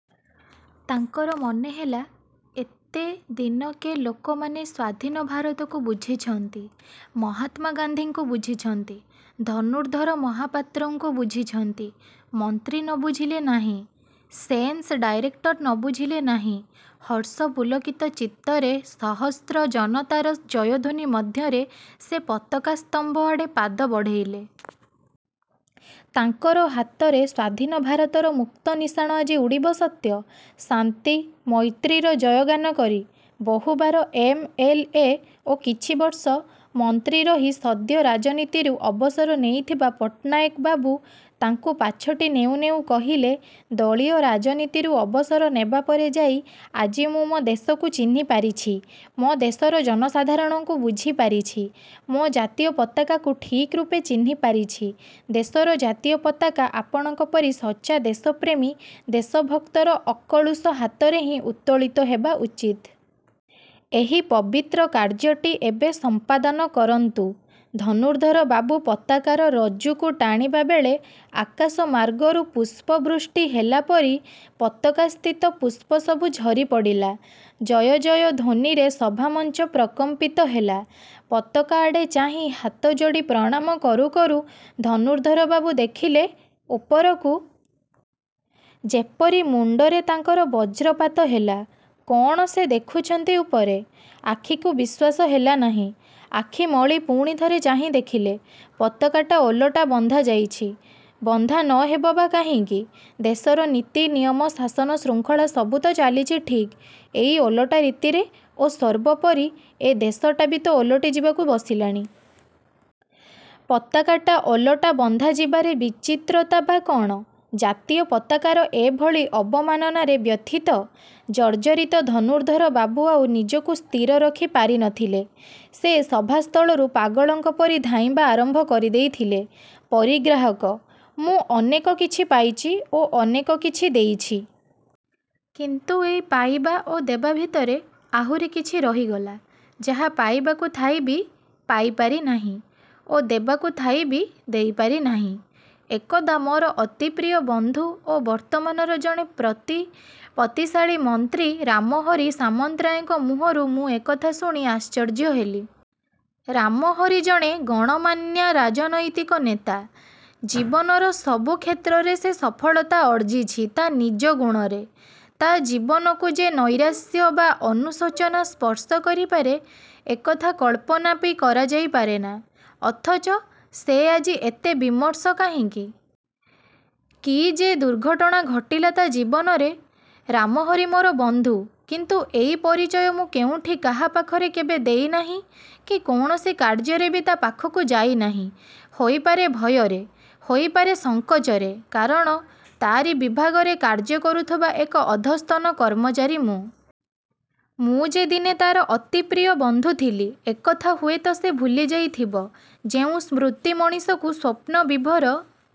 ତାଙ୍କର ମନେହେଲା–ଏତେ ଦିନକେ ଲୋକମାନେ ସ୍ଵାଧୀନ ଭାରତକୁ ବୁଝିଛନ୍ତି, ମହାତ୍ମା ଗାନ୍ଧୀଙ୍କୁ ବୁଝିଛନ୍ତି, ଧନୁର୍ଦ୍ଧର ମହାପାତ୍ରଙ୍କୁ ବୁଝିଛନ୍ତି, ମନ୍ତ୍ରୀ ନ ବୁଝିଲେ ନାହିଁ, ସେନ୍ସସ୍ ଡାଇରେକ୍ଟର ନ ବୁଝିଲେ ନାହିଁ। ହର୍ଷ ପୁଲକିତ ଚିତ୍ତରେ ସହସ୍ର ଜନତାର ଜୟଧ୍ଵନୀ ମଧ୍ୟରେ ସେ ପତାକା ସ୍ତମ୍ଭ ଆଡ଼େ ପାଦ ବଢ଼େଇଲେ। ତାଙ୍କର ହାତରେ ସ୍ୱାଧୀନ ଭାରତର ମୁକ୍ତ ନିଶାଣ ଆଜି ଉଡ଼ିବ ସତ୍ୟ, ଶାନ୍ତି, ମୈତ୍ରୀର ଜୟଗାନ କରି। ବହୁବାର ଏମ. ଏଲ୍. ଏ. ଓ କିଛି ବର୍ଷ ମନ୍ତ୍ରୀ ରହି ସଦ୍ୟ ରାଜନୀତିରୁ ଅବସର ନେଇଥିବା ପଟ୍ଟନାୟକବାବୁ ତାଙ୍କୁ ପାଛୋଟି ନେଉ ନେଉ କହିଲେ–ଦଳୀୟ ରାଜନୀତିରୁ ଅବସର ନେବାପରେ ଯାଇ ଆଜି ମୁଁ ମୋ' ଦେଶକୁ ଚିହ୍ନିପାରିଛି, ମୋ' ଦେଶର ଜନସାଧାରଣଙ୍କୁ ବୁଝିପାରିଛି, ମୋ' ଜାତୀୟ ପତାକାକୁ ଠିକ୍ ରୂପେ ଚିହ୍ନିପାରିଛି, ଦେଶର ଜାତୀୟ ପତାକା ଆପଣଙ୍କ ପରି ସଚ୍ଚା ଦେଶପ୍ରେମୀ, ଦେଶ ଭକ୍ତର ଅକଳୁଷ ହାତରେ ହିଁ ଉତ୍ତୋଳିତ ହେବା ଉଚିତ-। ଏହି ପବିତ୍ର କାର୍ଯ୍ୟଟି ଏବେ ସମ୍ପାଦନ କରନ୍ତୁ। ଧନୁର୍ଦ୍ଧର ବାବୁ ପତାକାର ରଜୁକୁ ଟାଣିବା ବେଳେ ଆକାଶ ମାର୍ଗରୁ ପୁଷ୍ପବୃଷ୍ଟି ହେଲାପରି ପତାକାସ୍ଥିତ ପୁଷ୍ପସବୁ ଝରି ପଡ଼ିଲା। ଜୟ ଜୟ ଧ୍ୱନୀରେ ସଭାମଞ୍ଚ ପ୍ରକମ୍ପିତ ହେଲା। ପତାକା ଆଡ଼େ ଚାହିଁ ହାତଯୋଡ଼ି ପ୍ରଣାମ କରୁ କରୁ ଧନୁର୍ଦ୍ଧର ବାବୁ ଦେଖିଲେ–ଉପରକୁ... ଯେପରି ମୁଣ୍ଡରେ ତାଙ୍କର ବଜ୍ରପାତ ହେଲା। କ'ଣ ସେ ଦେଖୁଛନ୍ତି ଉପରେ? ଆଖିକୁ ବିଶ୍ୱାସ ହେଲା ନାହିଁ-। ଆଖି ମଳି ପୁଣି ଥରେ ଚାହିଁ ଦେଖିଲେ... ପତାକାଟା ଓଲଟା ବନ୍ଧା ଯାଇଛି। ବନ୍ଧା ନ ହେବ ବା କାହିଁକି? ଦେଶର ନୀତି–ନିୟମ, ଶାସନ ଶୃଙ୍ଖଳା ସବୁ ତ ଚାଲିଛି ଠିକ୍ ଏଇ ଓଲଟା ରୀତିରେ ଓ ସର୍ବୋପରି ଏ ଦେଶଟା ବି ତ ଓଲଟି ଯିବାକୁ ବସିଲାଣି। ପତାକାଟା ଓଲଟା ବନ୍ଧାଯିବାରେ ବିଚିତ୍ରତା ବା କ'ଣ? ଜାତୀୟ ପତାକାର ଏ ଭଳି ଅବମାନନାରେ ବ୍ୟଥିତ, ଜର୍ଜ୍ଜରିତ ଧନୁର୍ଦ୍ଧର ବାବୁ ଆଉ ନିଜକୁ ସ୍ଥିର ରଖି ପାରି ନ ଥିଲେ। ସେ ସଭାସ୍ଥଳରୁ ପାଗଳଙ୍କ ପରି ଧାଇଁବା ଆରମ୍ଭ କରିଦେଇଥିଲେ... ପରିଗ୍ରାହକ "ମୁଁ ଅନେକ କିଛି ପାଇଛି ଓ ଅନେକ କିଛି ଦେଇଛି। କିନ୍ତୁ ଏଇ ପାଇବା ଓ ଦେବା ଭିତରେ ଆହୁରି କିଛି ରହିଗଲା ଯାହା ପାଇବାକୁ ଥାଇ ବି ପାଇ ପାରିନାହିଁ ଓ ଦେବାକୁ ଥାଇ ବି ଦେଇ ପାରିନାହିଁ। '' ଏକଦା ମୋର ଅତି ପ୍ରିୟ ବନ୍ଧୁ ଓ ବର୍ତ୍ତମାନର ଜଣେ ପ୍ରତିପତ୍ତିଶାଳୀ ମନ୍ତ୍ରୀ ରାମହରି ସାମନ୍ତରାୟଙ୍କ ମୁହଁରୁ ମୁଁ ଏକଥା ଶୁଣି ଆଶ୍ଚର୍ଯ୍ୟ ହେଲି। ରାମହରି ଜଣେ ଗଣ୍ୟମାନ୍ୟ ରାଜନୈତିକ ନେତା, ଜୀବନର ସବୁ କ୍ଷେତ୍ରରେ ସେ ସଫଳତା ଅର୍ଜିଛି ତା' ନିଜ ଗୁଣରେ। ତା' ଜୀବନକୁ ଯେ ନୈରାଶ୍ୟ ବା ଅନୁଶୋଚନା ସ୍ପର୍ଶ କରିପାରେ ଏ କଥା କଳ୍ପନା ବି କରାଯାଇପାରେନା; ଅଥଚ ସେ ଆଜି ଏତେ ବିମର୍ଷ କାହିଁକି? କି ଯେ ଦୁର୍ଘଟଣା ଘଟିଲା ତା' ଜୀବନରେ? ରାମହରି ମୋର ବନ୍ଧୁ; କିନ୍ତୁ ଏଇ ପରିଚୟ ମୁଁ କେଉଁଠି କାହା ପାଖରେ କେବେ ଦେଇନାହିଁ କି କୌଣସି କାର୍ଯ୍ୟରେ ବି ତା' ପାଖକୁ ଯାଇନାହିଁ ହୋଇପାରେ ଭୟରେ, ହୋଇପାରେ ସଂକୋଚରେ, କାରଣ ତା'ରି ବିଭାଗରେ କାର୍ଯ୍ୟ କରୁଥିବା ଏକ ଅଧସ୍ତନ କର୍ମଚାରୀ ମୁଁ। ମୁଁ ଯେ ଦିନେ ତା'ର ଅତିପ୍ରିୟ ବନ୍ଧୁ ଥିଲି ଏକଥା ହୁଏତ ସେ ଭୁଲିଯାଇଥିବ। ଯେଉଁ ସ୍ମୃତି ମଣିଷକୁ ସ୍ୱପ୍ନ ବିଭୋର